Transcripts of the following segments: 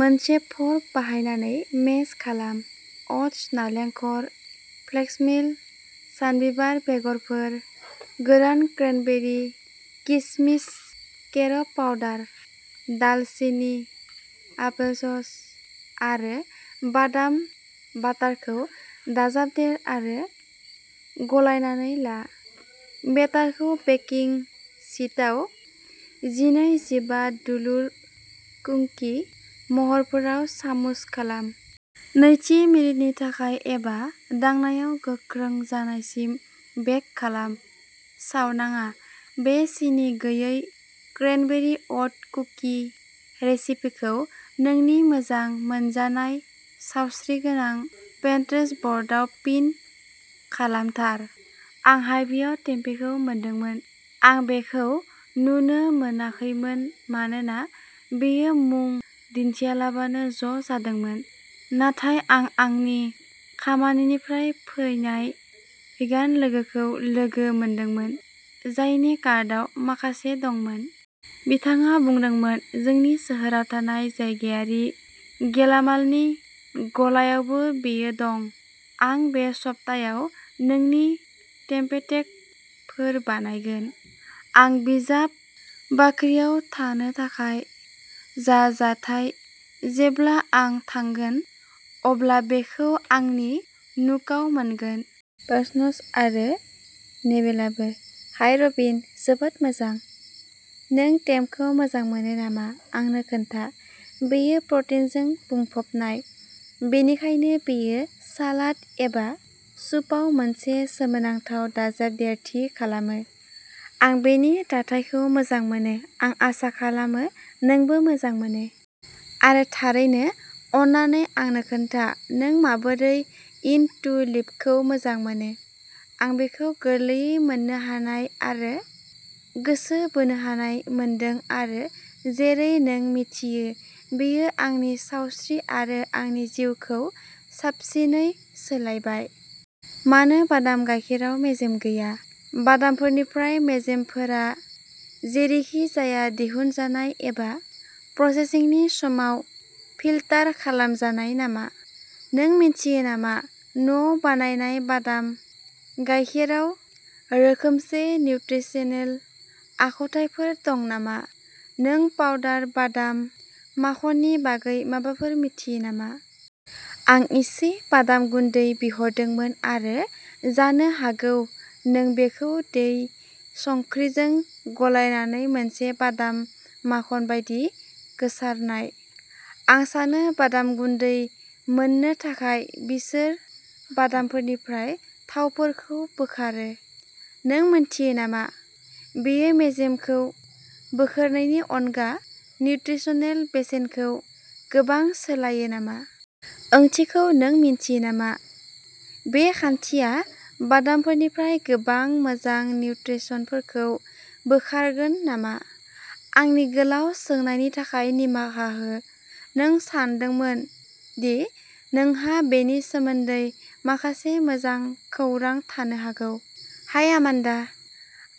मोनसे फर्क बाहायनानै मेस खालाम। अट्स, नालेंखर, फ्लेक्स मिल, सानबिबार बेगरफोर, गोरान क्रेनबेरि, किसमिस, केरब पाउडार, दालसिनि, आपेलसस आरो बादाम बाटारखौ दाजाबदेर आरो गलायनानै ला। बेटारखौ बेकिं शीटआव जिनै जिबा दुलुर कुकि महरफोराव सामुस खालाम। नैजि मिनिटनि थाखाय एबा दांनायाव गोख्रों जानायसिम बेक खालाम सावनाङा। बे सिनि गैयै क्रेनबेरि अट कुकि रेसिपिखौ नोंनि मोजां मोनजानाय सावस्रिगोनां पिनट्रेस्ट बर्डआव पिन खालामथार। आं हाइभिआव टेम्पेखौ मोनदोंमोन, आं बेखौ नुनो मोनाखैमोन मानोना बेयो मुं दिन्थियालाबानो ज' जादोंमोन नाथाय आं आंनि खामानिनिफ्राय फैनाय भिगान लोगोखौ लोगो मोनदोंमोन जायनि कार्टआव माखासे दंमोन। बिथाङा बुंदोंमोन जोंनि सोहोराव थानाय जायगायारि गेलामालनि गलायावबो बेयो दं, आं बे सप्तायाव नोंनि टेम्पे टेक' फोर बानायगोन। आं बिजाब बाख्रियाव थानो थाखाय जा जाथाय जेब्ला आं थांगोन अब्ला बेखौ आंनि नुकआव मोनगोन। बार्न्स आरो नेबेलाबो। हाय रबिन! जोबोद मोजां, नों टेम्पेखौ मोजां मोनो नामा आंनो खोन्था। बेयो प्रटिनजों बुंफबनाय, बेनिखायनो बेयो सालाद एबा सुपआव मोनसे सोमोनांथाव दाजाबदेरथि खालामो। आं बेनि दाथायखौ मोजां मोनो, आं आसा खालामो नोंबो मोजां मोनो। आरो थारैनो, अन्नानै आंनो खोन्था नों माबोरै इट टु लिभखौ मोजां मोनो। आं बेखौ गोरलैयै मोननो हानाय आरो गोसो बोनो हानाय मोनदों आरो, जेरै नों मिथियो, बेयो आंनि सावस्रि आरो आंनि जिउखौ साबसिनै सोलायबाय। मानो बादाम गायखेराव मेजेम गैया? बादामफोरनिफ्राय मेजेमफोरा जेरैखिजाया दिहुनजानाय एबा प्रसेसिंनि समाव फिल्टार खालामजानाय नामा? नों मिन्थियो नामा न'आव बानायनाय बादाम गायखेराव रोखोमसे निउत्रिसनेल आखुथायफोर दं नामा? नों पाउडार बादाम माखननि बागै माबाफोर मिथियो नामा? आं इसे बादाम गुन्दै बिहरदोंमोन, आरो जानो हागौ नों बेखौ दै संख्रिजों गलायनानै मोनसे बादाम माखन बायदि गोसारनाय। आं सानो बादाम गुन्दै मोननो थाखाय बिसोर बादामफोरनिफ्राय थावफोरखौ बोखारो। नों मिन्थियो नामा, बेयो मेजेमखौ बोखारनायनि अनगा निउत्रिसनेल बेसेनखौ गोबां सोलायो नामा? ओंथिखौ नों मिन्थियो नामा, बे खान्थिया बादामफोरनिफ्राय गोबां मोजां निउट्रिसन्टफोरखौ बोखारगोन नामा? आंनि गोलाव सोंनायनि थाखाय निमाहा हो, नों सानदोंमोन दि नोंहा बेनि सोमोन्दै माखासे मोजां खौरां थानो हागौ। हाय आमान्डा!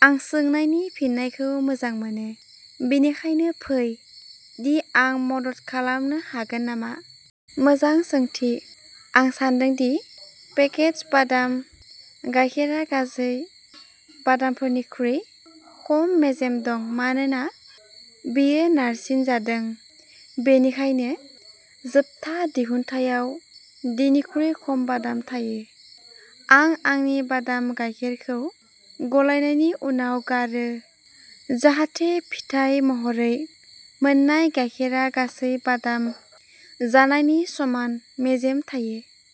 आं सोंनायनि फिननायखौ मोजां मोनो, बेनिखायनो फै दि आं मदद खालामनो हागोन नामा। मोजां सोंथि! आं सान्दों दि पेकेज्ड बादाम गायखेरा गासै बादामफोरनिख्रुइ खम मेजेम दं मानोना बेयो नारसिनजादों। बेनिखायनो, जोबथा दिहुनथायाव दिनिख्रुइ खम बादाम थायो। आं आंनि बादाम गायखेरखौ गलायनायनि उनाव गारो, जाहाथे फिथाय महरै मोननाय गायखेरा गासै बादाम जानायनि समान मेजेम थायो।